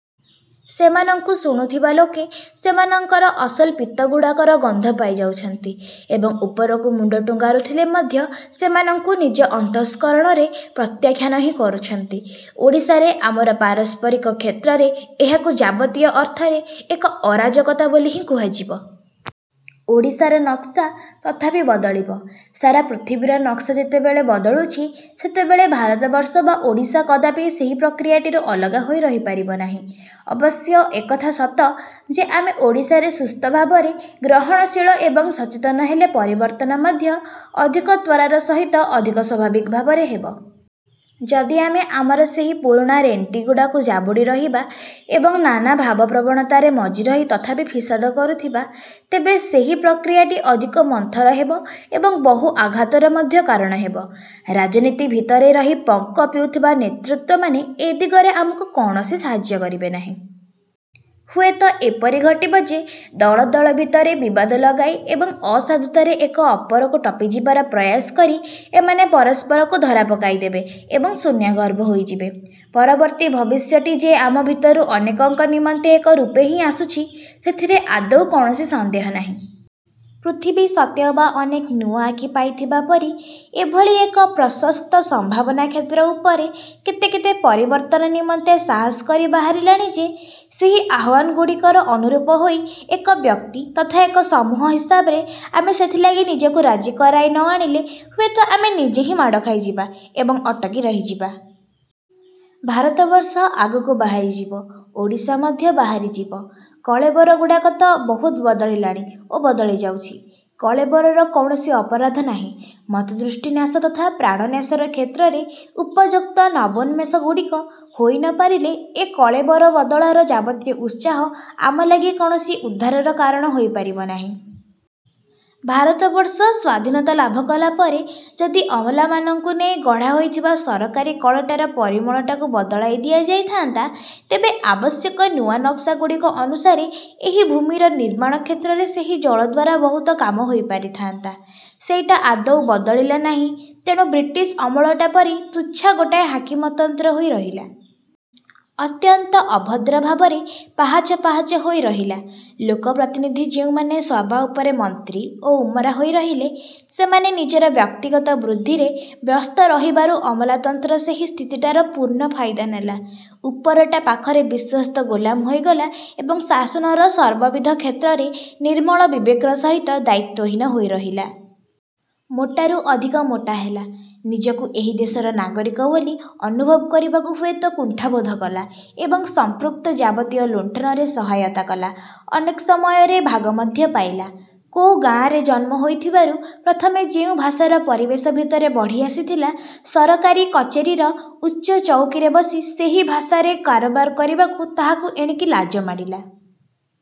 ସେମାନଙ୍କୁ ଶୁଣୁଥବା ଲୋକେ ସେମାନଙ୍କର ଅସଲ ପିତ୍ତ ଗୁଡ଼ାକର ଗନ୍ଧ ପାଇ ଯାଉଛନ୍ତି ଏବଂ ଉପରକୁ ମୁଣ୍ଡ ଟୁଙ୍ଗାରୁଥିଲେ ମଧ୍ୟ ସେମାନଙ୍କୁ ନିଜ ଅନ୍ତଃସ୍କରଣରେ ପ୍ରତ୍ୟାଖ୍ୟାନ ହିଁ କରୁଛନ୍ତି। ଓଡ଼ିଶାରେ ଆମର ପାରସ୍ପରିକ କ୍ଷେତ୍ରରେ ଏହାକୁ ଯାବତୀୟ ଅର୍ଥରେ ଏକ ଅରାଜକତା ବୋଲି ହିଁ କୁହାଯିବ। ଓଡ଼ିଶାର ନକ୍ସା ତଥାପି ବଦଳିବ। ସାରା ପୃଥିବୀର ନକ୍ସା ଯେତେବେଳେ ବଦଳୁଛି, ସେତେବେଳେ ଭାରତବର୍ଷ ବା ଓଡ଼ିଶା କଦାପି ସେହି ପ୍ରକ୍ରିୟାଟିରୁ ଅଲଗା ହୋଇ ରହିପାରିବ ନାହିଁ। ଅବଶ୍ୟ ଏକଥା ସତ ଯେ ଆମେ ଓଡ଼ିଶାରେ ସୁସ୍ଥ ଭାବରେ ଗ୍ରହଣଶୀଳ ଏବଂ ସଚେତନ ହେଲେ ପରିବର୍ତ୍ତନ ମଧ୍ୟ ଅଧିକ ତ୍ୱରାର ସହିତ ଅଧିକ ସ୍ୱାଭାବିକ ଭାବରେ ହେବ। ଯଦି ଆମେ ଆମର ସେହି ପୁରୁଣା ରେଣ୍ଟିଗୁଡ଼ାକୁ ଯାବୁଡ଼ି ରହିବା ଏବଂ ନାନା ଭାବପ୍ରବଣତାରେ ମଜି ରହି ତଥାପି ଫିସାଦ କରୁଥିବା, ତେବେ ସେହି ପ୍ରକ୍ରିୟାଟି ଅଧିକ ମନ୍ଥର ହେବ ଏବଂ ବହୁ ଆଘାତର ମଧ୍ୟ କାରଣ ହେବ। ରାଜନୀତି ଭିତରେ ରହି ପଙ୍କ ପିଉଥିବା ନେତୃତ୍ୱମାନେ ଏ ଦିଗରେ ଆମକୁ କୌଣସି ସାହାଯ୍ୟ କରିବେ ନାହିଁ। ହୁଏତ ଏପରି ଘଟିବ ଯେ, ଦଳ ଦଳ ଭିତରେ ବିବାଦ ଲଗାଇ ଏବଂ ଅସାଧୁତାରେ ଏକ ଅପରକୁ ଟପିଯିବାର ପ୍ରୟାସ କରି ଏମାନେ ପରସ୍ପରକୁ ଧରା ପକାଇଦେବେ ଏବଂ ଶୂନ୍ୟଗର୍ଭ ହୋଇଯିବେ। ପରବର୍ତ୍ତୀ ଭବିଷ୍ୟଟି ଯେ ଆମ ଭିତରୁ ଅନେକଙ୍କ ନିମନ୍ତେ ଏକ ରୂପେ ହିଁ ଆସୁଛି, ସେଥିରେ ଆଦୌ କୌଣସି ସନ୍ଦେହ ନାହିଁ। ପୃଥିବୀ ସତେଅବା ଅନେକ ନୂଆ ଆଖି ପାଇଥିବା ପରି ଏଭଳି ଏକ ପ୍ରଶସ୍ତ ସମ୍ଭାବନାକ୍ଷେତ୍ର ଉପରେ କେତେ କେତେ ପରିବର୍ତ୍ତନ ନିମନ୍ତେ ସାହସ କରି ବାହାରିଲାଣି ଯେ, ସେହି ଆହ୍ୱାନ ଗୁଡ଼ିକର ଅନୁରୂପ ହୋଇ ଏକ ବ୍ୟକ୍ତି ତଥା ଏକ ସମୂହ ହିସାବରେ ଆମେ ସେଥିଲାଗି ନିଜକୁ ରାଜି କରାଇ ନ ଆଣିଲେ ହୁଏତ ଆମେ ନିଜେ ହିଁ ମାଡ଼ ଖାଇଯିବା ଏବଂ ଅଟକି ରହିଯିବା। ଭାରତବର୍ଷ ଆଗକୁ ବାହାରିଯିବ। ଓଡ଼ିଶା ମଧ୍ୟ ବାହାରିଯିବ। କଳେବରଗୁଡ଼ାକ ତ ବହୁତ ବଦଳିଲାଣି ଓ ବଦଳି ଯାଉଛି। କଳେବରର କୌଣସି ଅପରାଧ ନାହିଁ। ମତ୍ଦୃଷ୍ଟିନ୍ୟାସ ତଥା ପ୍ରାଣନ୍ୟାସର କ୍ଷେତ୍ରରେ ଉପଯୁକ୍ତ ନବୋନ୍ମେଷ ଗୁଡ଼ିକ ହୋଇ ନପାରିଲେ, ଏ କଳେବର ବଦଳାର ଯାବତୀୟ ଉତ୍ସାହ ଆମ ଲାଗି କୌଣସି ଉଦ୍ଧାରର କାରଣ ହୋଇପାରିବ ନାହିଁ। ଭାରତବର୍ଷ ସ୍ଵାଧୀନତା ଲାଭ କଲାପରେ ଯଦି ଅମଲାମାନଙ୍କୁ ନେଇ ଗଢ଼ା ହୋଇଥିବା ସରକାରୀ କଳଟାର ପରିମଳଟାକୁ ବଦଳାଇ ଦିଆଯାଇଥାନ୍ତା, ତେବେ ଆବଶ୍ୟକ ନୂଆ ନକ୍ସାଗୁଡ଼ିକ ଅନୁସାରେ ଏହି ଭୂମିର ନିର୍ମାଣ କ୍ଷେତ୍ରରେ ସେହି ଜଳ ଦ୍ଵାରା ବହୁତ କାମ ହୋଇପାରିଥାନ୍ତା। ସେଇଟା ଆଦୌ ବଦଳିଲା ନାହିଁ, ତେଣୁ ବ୍ରିଟିଶ୍ ଅମଳଟା ପରି ତୁଚ୍ଛା ଗୋଟାଏ ହାକିମତନ୍ତ୍ର ହୋଇ ରହିଲା। ଅତ୍ୟନ୍ତ ଅଭଦ୍ର ଭାବରେ ପାହାଚ ପାହାଚ ହୋଇ ରହିଲା। ଲୋକପ୍ରତିନିଧି ଯେଉଁମାନେ ସବା ଉପରେ ମନ୍ତ୍ରୀ ଓ ଉମରାଓ ହୋଇରହିଲେ, ସେମାନେ ନିଜର ବ୍ୟକ୍ତିଗତ ବୃଦ୍ଧିରେ ବ୍ୟସ୍ତ ରହିବାରୁ ଅମଲାତନ୍ତ୍ର ସେହି ସ୍ଥିତିଟାର ପୂର୍ଣ୍ଣ ଫାଇଦା ନେଲା। ଉପରଟା ପାଖରେ ବିଶ୍ୱସ୍ତ ଗୋଲାମ ହୋଇଗଲା ଏବଂ ଶାସନର ସର୍ବବିଧ କ୍ଷେତ୍ରରେ ନିର୍ମଳ ବିବେକର ସହିତ ଦାୟିତ୍ୱହୀନ ହୋଇରହିଲା। ମୋଟାରୁ ଅଧିକ ମୋଟା ହେଲା, ନିଜକୁ ଏହି ଦେଶର ନାଗରିକ ବୋଲି ଅନୁଭବ କରିବାକୁ ହୁଏତ କୁଣ୍ଠାବୋଧ କଲା ଏବଂ ସଂପୃକ୍ତ ଯାବତୀୟ ଲୁଣ୍ଠନରେ ସହାୟତା କଲା, ଅନେକ ସମୟରେ ଭାଗ ମଧ୍ୟ ପାଇଲା। କୋଉ ଗାଆଁରେ ଜନ୍ମ ହୋଇଥିବାରୁ ପ୍ରଥମେ ଯେଉଁ ଭାଷାର ପରିବେଶ ଭିତରେ ବଢ଼ି ଆସିଥିଲା, ସରକାରୀ କଚେରୀର ଉଚ୍ଚ ଚଉକୀରେ ବସି ସେହି ଭାଷାରେ କାରବାର କରିବାକୁ ତାହାକୁ ଏଣିକି ଲାଜ ମାଡ଼ିଲା।